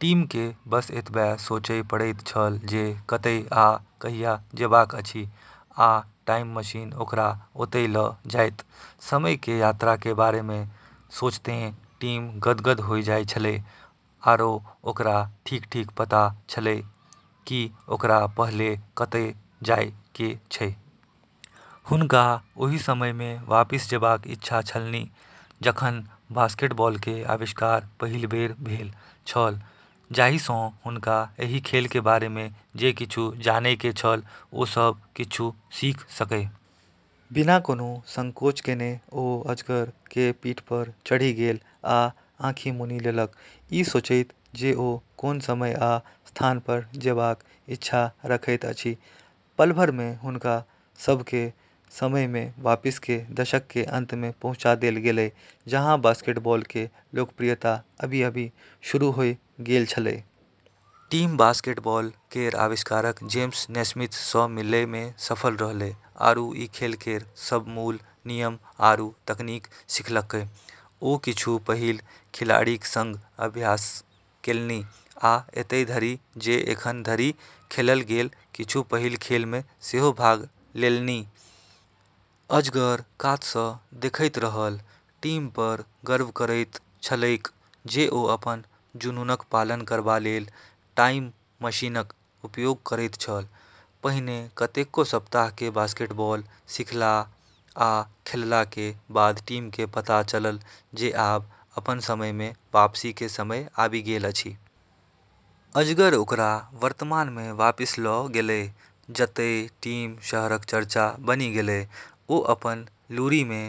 टिम के बस एतबे सोचय पड़ैत छल जे कतय आ कहिया जेबाक अछि, आ टाइम मशीन ओकरा ओतय ल' जायत। समय के यात्रा के बारे में सोचतें टिम गदगद होय जाय छेलै, आरो ओकरा ठीक-ठीक पता छेलै कि ओकरा पहलें कतय जाय के छै। हुनका ओहि समय मे वापस जेबाक इच्छा छलनि जखन बास्केटबॉल के आविष्कार पहिल बेर भेल छल, जाहि सं हुनका एहि खेल के बारे मे जे किछु जानय के छल ओ सब किछु सीख सकय। बिना कोनो संकोच केने ओ अजगर के पीठ पर चढ़ि गेल आ आँखि मुनि लेलक, ई सोचैत जे ओ कोन समय आ स्थान पर जेबाक इच्छा रखैत अछि। पल भर में हुनका सब के समय में वापस, के दशक के अंत में पहुंचा देल गेलै, जहां बास्केटबॉल के लोकप्रियता अभी-अभी शुरू होय गेल छेलै। टिम बास्केटबॉल केर आविष्कारक जेम्स नैस्मिथ स मिलै मे सफल रहलै आरू ई खेल केर सब मूल नियम आरू तकनीक सीखलकै। ओ किछु पहिल खिलाड़ीक संग अभ्यास केलनि आ एतय धरि जे एखन धरि खेलल गेल किछु पहिल खेल मे सेहो भाग लेलनि। अजगर कात सॅ देखैत रहल, टिम पर गर्व करैत छलैक जे ओ अपन जुनूनक पालन करबा लेल टाइम मशीनक उपयोग करैत छल। पहिने कतेको सप्ताह के बास्केटबॉल सीखला आ खेलला के बाद टिम के पता चलल जे आब अपन समय में वापसी के समय आबि गेल अछि। अजगर ओकरा वर्तमान मे वापस ल' गेलै, जतय टिम शहरक चर्चा बनि गेलै। ओ अपन लूरि मे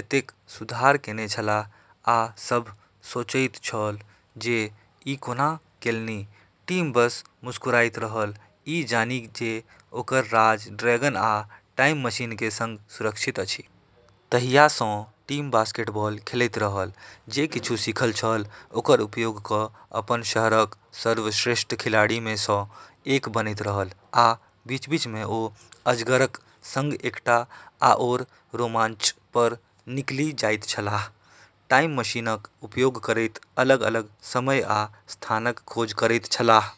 एतेक सुधार केने छलाह, आ सभ सोचैत छल जे ई कोना केलनि। टिम बस मुस्कुराइत रहल, ई जानि जे ओकर राज ड्रैगन आ टाइम मशीन के संग सुरक्षित अछि। तहिया सँ टिम बास्केटबॉल खेलैत रहल, जे किछु सीखल छल ओकर उपयोग क' अपन शहरक सर्वश्रेष्ठ खिलाड़ी मे सँ एक बनैत रहल। आ बीच-बीच मे ओ अजगरक संग एकटा आओर रोमांच पर निकलि जाइत छलाह, टाइम मशीनक उपयोग करैत अलग-अलग समय आ स्थानक खोज करैत छलाह।